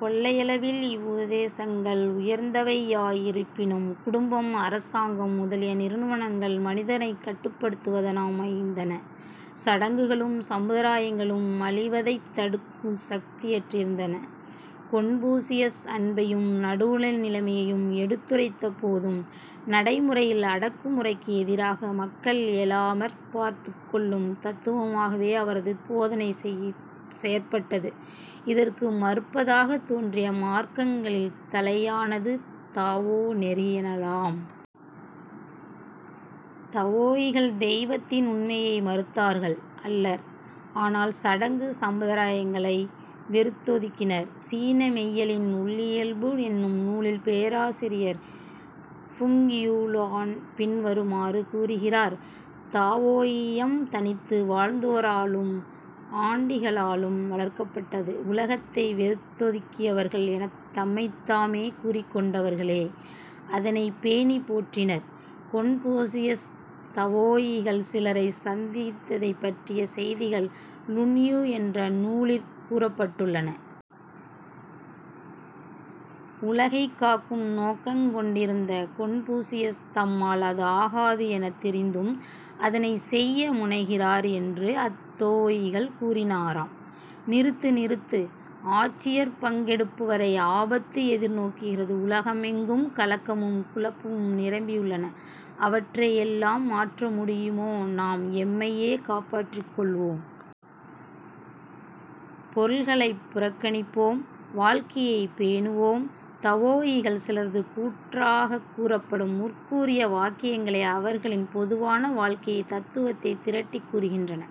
கொள்கையளவில் இவ்வுபதேசங்கள் உயர்ந்தவையாயிருப்பினும், குடும்பம், அரசாங்கம் முதலிய நிறுவனங்கள் மனிதரைக் கட்டுப்படுத்துவனவாயமைந்தன. சடங்குகளும் சம்பிரதாயங்களும் மலிவதைத் தடுக்குங் சக்தியற்றிருந்தன. கொன்பூசியஸ் அன்பையும் நடுவுநிலைமையையும் எடுத்துரைத்தபோதும், நடைமுறையில் அடக்குமுறைக்கு எதிராக மக்கள் எழாமற் பார்த்துக் கொள்ளும் தத்தவமாகவே அவரது போதனை செயற்பட்டது. இதற்கு மறுப்பாகத் தோன்றிய மார்க்கங்களில் தலையானது தாவோ நெறி எனலாம். தாவோயிகள் தெய்வத்தின் உண்மையை மறுத்தார்கள் அல்லர். ஆனால் சடங்கு சம்பிரதாயங்களை வெறுத்தொதுக்கினர். சீன மெய்யியலின் உள்ளியல்பு என்னும் நூலில் பேராசிரியர் ஃபுங் யூ-லான் பின்வருமாறு கூறுகிறார். "தாவோயியம் தனித்து வாழ்ந்தோராலும் ஆண்டிகளாலும் வளர்க்கப்பட்டது. 'உலகத்தை வெறுத்தொதுக்கியவர்கள்' எனத் தம்மைத்தாமே கூறிக்கொண்டவர்களே அதனைப் பேணிப் போற்றினர். " கொன்பூசியஸ் தாவோயிகள் சிலரைச் சந்தித்ததைப் பற்றிய செய்திகள் லுன்யூ என்ற நூலிற் கூறுப்பட்டுள்ளன. உலகைக் காக்கும் நோக்கங் கொண்டிருந்த கொன்பூசியஸ், தம்மால் அது ஆகாது எனத் தெரிந்தும், அதனைச் செய்ய முனைகிறார் என்று அத்தாவோயிகள் கூறினராம். "நிறுத்து! நிறுத்து! ஆட்சியிற் பங்கெடுப்பவரை ஆபத்து எதிர் நோக்குகிறது. உலகமெங்கும் கலக்கமும் குழப்பமும் நிரம்பி உள்ளன. அவற்றை எல்லாம் மாற்ற முடியுமோ? நாம் எம்மையே காப்பாற்றிக்கொள்வோம். பொருள்களைப் புறக்கணிப்போம்; வாழ்க்கையைப் பேணுவோம். " தவோயிகள் சிலரது கூற்றாகக் கூறப்படும் முற்கூறிய வாக்கியங்கள் அவர்களின் பொதுவான வாழ்க்கைத் தத்துவத்தைத் திரட்டிக் கூறுகின்றன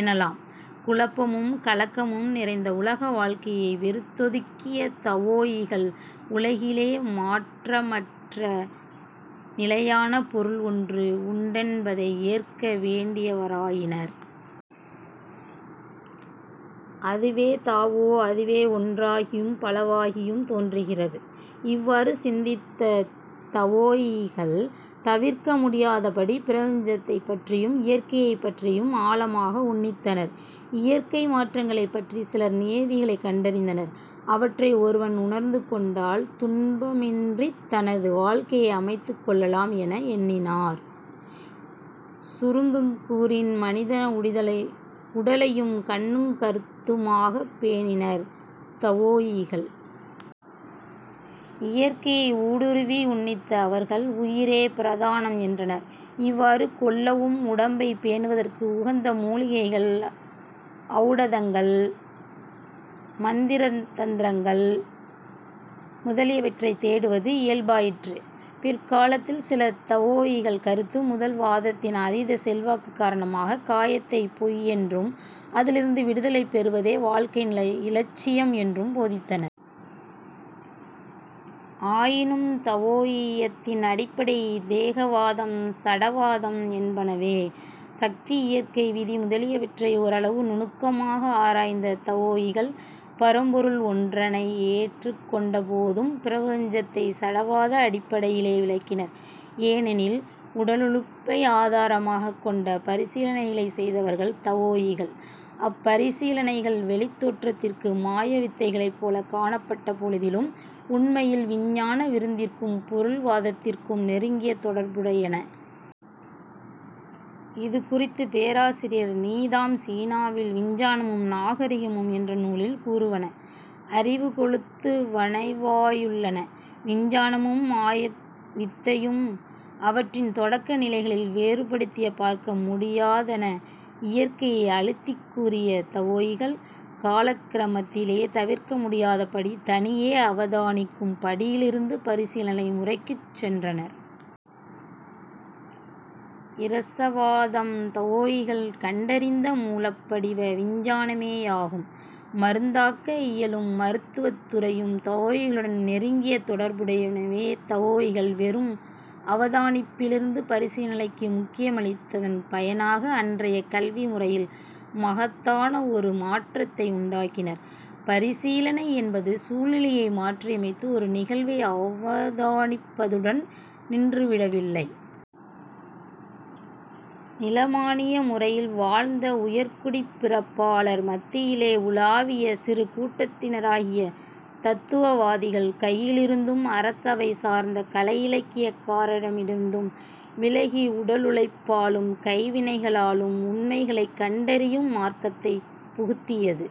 எனலாம். குழப்பமும் கலக்கமும் நிறைந்த உலக வாழ்கையை வெறுத்தொதுக்கிய தாவோயிகள் உலகிலே மாற்றமற்ற நிலையான பொருள் ஒன்று உண்டென்பதை ஏற்க வேண்டியவராயினர். அதுவே தாவோ. அதுவே ஒன்றாகியும் பலவாகியும் தோன்றுகிறது. இவ்வாறு சிந்தித்த தவோயிகள் தவிர்க்க முடியாதபடி பிரபஞ்சத்தைப்பற்றியும் இயற்கையைப்பற்றியும் ஆழமாக உன்னித்தனர். இயற்கை மாற்றங்களைப் பற்றிச் சில நியதிகளைக் கண்டறிந்தனர். அவற்றை ஒருவன் உணர்ந்துகொண்டால் துன்பமின்றித் தனது வாழ்க்கையை அமைத்துக் கொள்ளலாம் என எண்ணினர். சுருங்கக்கூறின், மனித உடலையும் கண்ணுங் கருத்துமாகப் பேணினர் தவோயிகள். இயற்கையை ஊடுருவி உன்னித்த அவர்கள் "உயிரே பிரதானம்" என்றனர். இவ்வாறு கொள்ளவும், உடம்பைப் பேணுவதற்கு உகந்த மூலிகைகள், ஔடதங்கள், மந்திரதந்திரங்கள் முதலியவற்றைத் தேடுவது இயல்பாயிற்று. பிற்காலத்தில் சில தாவோயிகள் கருத்து முதல் வாதத்தின் அதீத செல்வாக்குக் காரணமாகக் காயத்தை பொய்யென்றும், அதிலிருந்து விடுதலை பெறுவதே வாழ்க்கையின் இலட்சியம் என்றும் போதித்தனர். ஆயினும் தவோயியத்தின் அடிப்படை தேகவாதம், சடவாதம் என்பனவே. சக்தி, இயற்கை விதி முதலியவற்றை ஓரளவு நுணுக்கமாக ஆராய்ந்த தவோயிகள் பரம்பொருள் ஒன்றனை ஏற்றுக்கொண்டபோதும், பிரபஞ்சத்தைச் சடவாத அடிப்படையிலேயே விளக்கினர். ஏனெனில் உடலுழைப்பை ஆதாரமாகக் கொண்ட பரிசீலனைகளைச் செய்தவர்கள் தவோயிகள். அப்பரிசீலனைகள் வௌித் தோற்றத்திற்கு மாயவித்தைகள்போலக் காணப்பட்டபொழுதிலும், உண்மையில் விஞ்ஞான விருத்திக்கும் பொருள்வாதத்திற்கும் நெருங்கிய தொடர்புடையன. இது குறித்துப் பேராசிரியர் நீதாம் சீனாவில் விஞ்ஞானமும் நாகரிகமும் என்ற நூலில் கூறுவன அறிவு கொளுத்து வனவாயுள்ளன:। "விஞ்ஞானமும் மாயவித்தையும் அவற்றின் தொடக்க நிலைகளில் வேறுபடுத்திப் பார்க்க முடியாதன. இயற்கையை அழுத்திக் கூறிய தவோயிகள் காலக்கிரமத்திலே தவிர்க்கமுடியாதபடி தனியே அவதானிக்கும் படியிலிருந்து பரிசீலனை முறைக்குச் சென்றனர். இரசவாதம் தாவோயிகள் கண்டறிந்த மூலப்படிவ விஞ்ஞானமே யாகும். மருந்தாக்க இயலும் மருத்துவத் துறையும் தாவோயிகளுடன் நெருங்கிய தொடர்புடையனவே. தாவோயிகள் வெறும் அவதானிப்பிலிருந்து பரிசீலனைக்கு முக்கியமளித்ததன் பயனாக அன்றைய கல்வி முறையில் மகத்தானவொரு மாற்றத்தை உண்டாக்கினர். பரிசீலனை என்பது சூழ்நிலையை மாற்றியமைத்து ஒரு நிகழ்வை அவதானிப்பதுடன் நின்றுவிடவில்லை. நிலமானிய முறையில் வாழ்ந்த உயர்குடிப் பிறப்பாளர் மத்தியிலே உலாவிய சிறு கூட்டத்தினராகிய தத்துவவாதிகள் கையிலிருந்தும், அரசவை சார்ந்த கலை இலக்கிய காரரிடமிருந்தும், விலகி, உடலுழைப்பாலும் கைவினைகளாலும் உண்மைகளைக் கண்டறியும் மார்க்கத்தைப் புகுத்தியது.